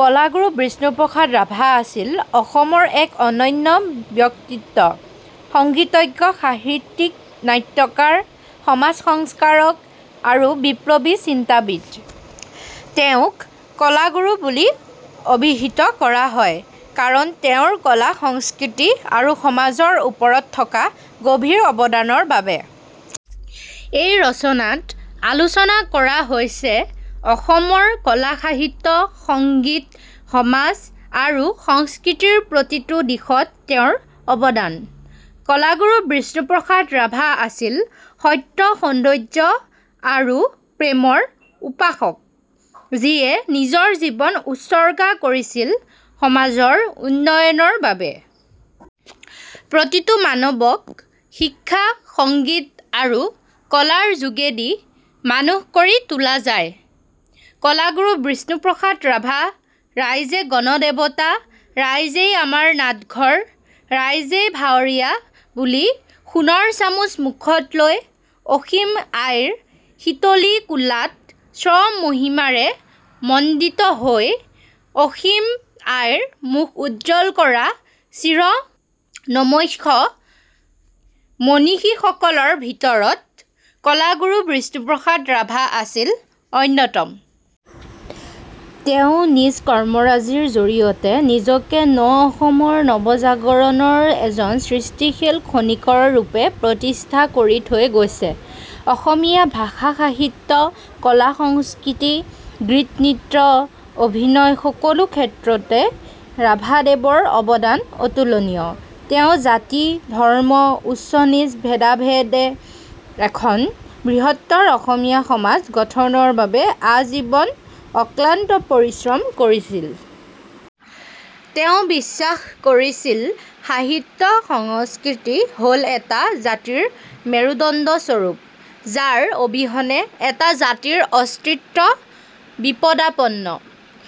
কলাগুৰু বিষ্ণু প্ৰসাদ ৰাভা আছিল অসমৰ এক অনন্য ব্যক্তিত্ব — সংগীতজ্ঞ, সাহিত্যিক, নাট্যকাৰ, সমাজসংস্কাৰক আৰু বিপ্লবী চিন্তাবিদ। তেওঁক "কলাগুৰু" বুলি অভিহিত কৰা হয় কাৰণ তেওঁৰ কলা, সংস্কৃতি আৰু সমাজৰ ওপৰত থকা গভীৰ অৱদানৰ বাবে। এই ৰচনাত আলোচনা কৰা হৈছে অসমৰ কলা, সাহিত্য, সংগীত, সমাজ, আৰু সংস্কৃতিৰ প্ৰতিটো দিশত তেওঁৰ অবদান। কলাগুৰু বিষ্ণু প্ৰসাদ ৰাভা আছিল "সত্য, সৌন্দৰ্য আৰু প্ৰেমৰ উপাসক", যিয়ে নিজৰ জীৱন উৎসৰ্গা কৰিছিল সমাজৰ উন্নয়নৰ বাবে। "প্ৰতিটো মানৱক শিক্ষা, সংগীত আৰু কলাৰ যোগেদি মানুহ কৰি তোলা যায়। "— কলাগুৰু বিষ্ণু প্ৰসাদ ৰাভা "ৰাইজে গণদেৱতা, ৰাইজেই আমাৰ নাটঘৰ, ৰাইজেই ভাৱঁৰীয়া"– বুলি সোণৰ চামুচ মুখত লৈ অসীম আইৰ শীতলী কোলাত স্ব-মহিমাৰে মণ্ডিত হৈ অসীম আইৰ মুখ উজ্জ্বল কৰা চিৰ নমস্য মনিষীসকলৰ ভিতৰত কলাগুৰু বিষ্ণু প্ৰসাদ ৰাভা আছিল অন্যতম। তেওঁ নিজ কৰ্মৰাজিৰ জড়িয়তে নিজকে ন অসমৰ নৱজাগৰণৰ এজন সৃষ্টিশীল খনিকৰ ৰূপে প্ৰতিষ্ঠা কৰি থৈ গৈছে। অসমীয়া ভাষা- সাহিত্য, কলা-সংস্কৃতি, গীত-নৃত্য, অভিনয় সকলো ক্ষেত্ৰতে ৰাভাদেৱৰ অৱদান অতুলনীয়। তেওঁ জাতি, ধৰ্ম, উচ্চ-নীচ ভেদা ভেদে এখন বৃহত্তৰ অসমীয়া সমাজ গঠনৰ বাবে আজীৱন অক্লান্ত পৰিশ্ৰম কৰিছিল। তেওঁ বিশ্বাস কৰিছিল সাহিত্য-সংস্কৃতি হ'ল এটা জাতিৰ মেৰুদণ্ডস্বৰূপ, যাৰ অবিহনে এটা জাতিৰ অস্তিত্ব বিপদাপন্ন।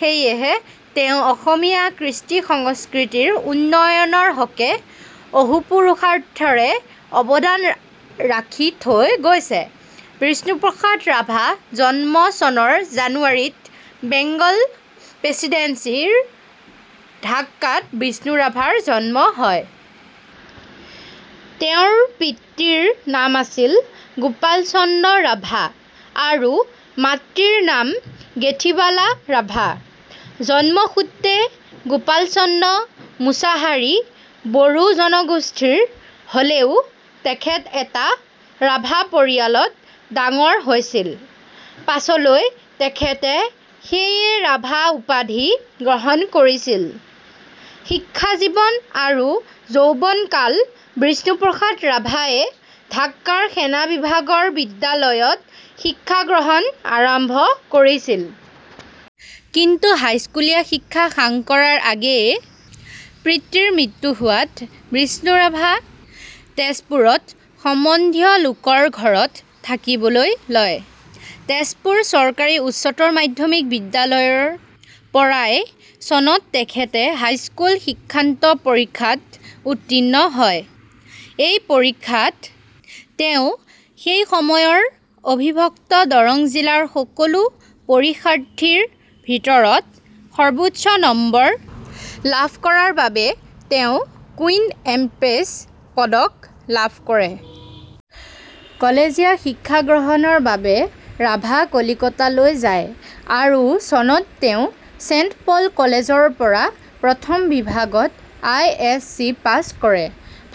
সেয়েহে তেওঁ অসমীয়া কৃষ্টি-সংস্কৃতিৰ উন্নয়নৰ হকে অহোপুৰুষাৰ্থৰে অৱদান ৰাখি থৈ গৈছে। বিষ্ণু প্ৰসাদ ৰাভা- জন্ম: চনৰ জানুৱাৰীত বেঙ্গল প্ৰেসিডেন্সি ৰ ঢাকাত বিষ্ণু ৰাভাৰ জন্ম হয়। তেওঁৰ পিতৃৰ নাম আছিল গোপাল চন্দ্ৰ ৰাভা আৰু মাতৃৰ নাম গেথীবালা ৰাভা। জন্মসূত্ৰে গোপাল চন্দ্ৰ মুছাহাৰী বড়ো জনগোষ্ঠীৰ হ'লেও তেখেত এটা ৰাভা পৰিয়ালত ডাঙৰ হৈছিল। পাছলৈ তেখেতে সেয়ে 'ৰাভা' উপাধি গ্ৰহণ কৰিছিল। শিক্ষাজীৱন আৰু যৌৱনকাল: বিষ্ণুপ্ৰসাদ ৰাভাই ঢাকাৰ সেনা বিভাগৰ বিদ্যালয়ত শিক্ষা গ্ৰহণ আৰম্ভ কৰিছিল। কিন্তু হাইস্কুলীয়া শিক্ষা সাং কৰাৰ আগেয়েই পিতৃৰ মৃত্যু হোৱাত বিষ্ণু ৰাভা তেজপুৰত সম্বন্ধীয় লোকৰ ঘৰত থাকিবলৈ লয়। তেজপুৰ চৰকাৰী উচ্চতৰ মাধ্যমিক বিদ্যালয়ৰ পৰাই চনত তেখেতে হাইস্কুল শিক্ষান্ত পৰীক্ষাত উত্তীৰ্ণ হয়। এই পৰীক্ষাত তেওঁ সেই সময়ৰ অবিভক্ত দৰং জিলাৰ সকলো পৰীক্ষাৰ্থীৰ ভিতৰত সৰ্বোচ্চ নম্বৰ লাভ কৰাৰ বাবে তেওঁ 'কুইন এমপ্ৰেছ' পদক লাভ কৰে। কলেজীয়া শিক্ষা গ্ৰহণৰ বাবে ৰাভা কলিকতালৈ যায় আৰু চনত তেওঁ চেণ্টপল' কলেজৰ পৰা প্ৰথম বিভাগত আই এছ ছি পাছ কৰে।।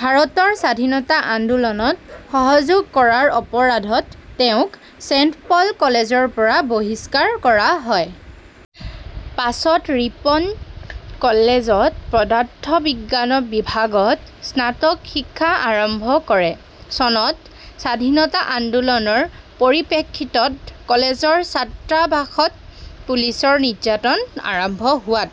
ভাৰতৰ স্বাধীনতা আন্দোলনত সহযোগ কৰাৰ অপৰাধত তেওঁক চেণ্টপল' কলেজৰ পৰা বহিষ্কাৰ কৰা হয়। পাছত ৰিপন কলেজত পদাৰ্থ বিজ্ঞান বিভাগত স্নাতক শিক্ষা আৰম্ভ কৰে। চনত স্বাধীনতা আন্দোলনৰ পৰিপ্ৰেক্ষিতত কলেজৰ ছাত্ৰাবাসত পুলিচৰ নিৰ্যাতন আৰম্ভ হোৱাত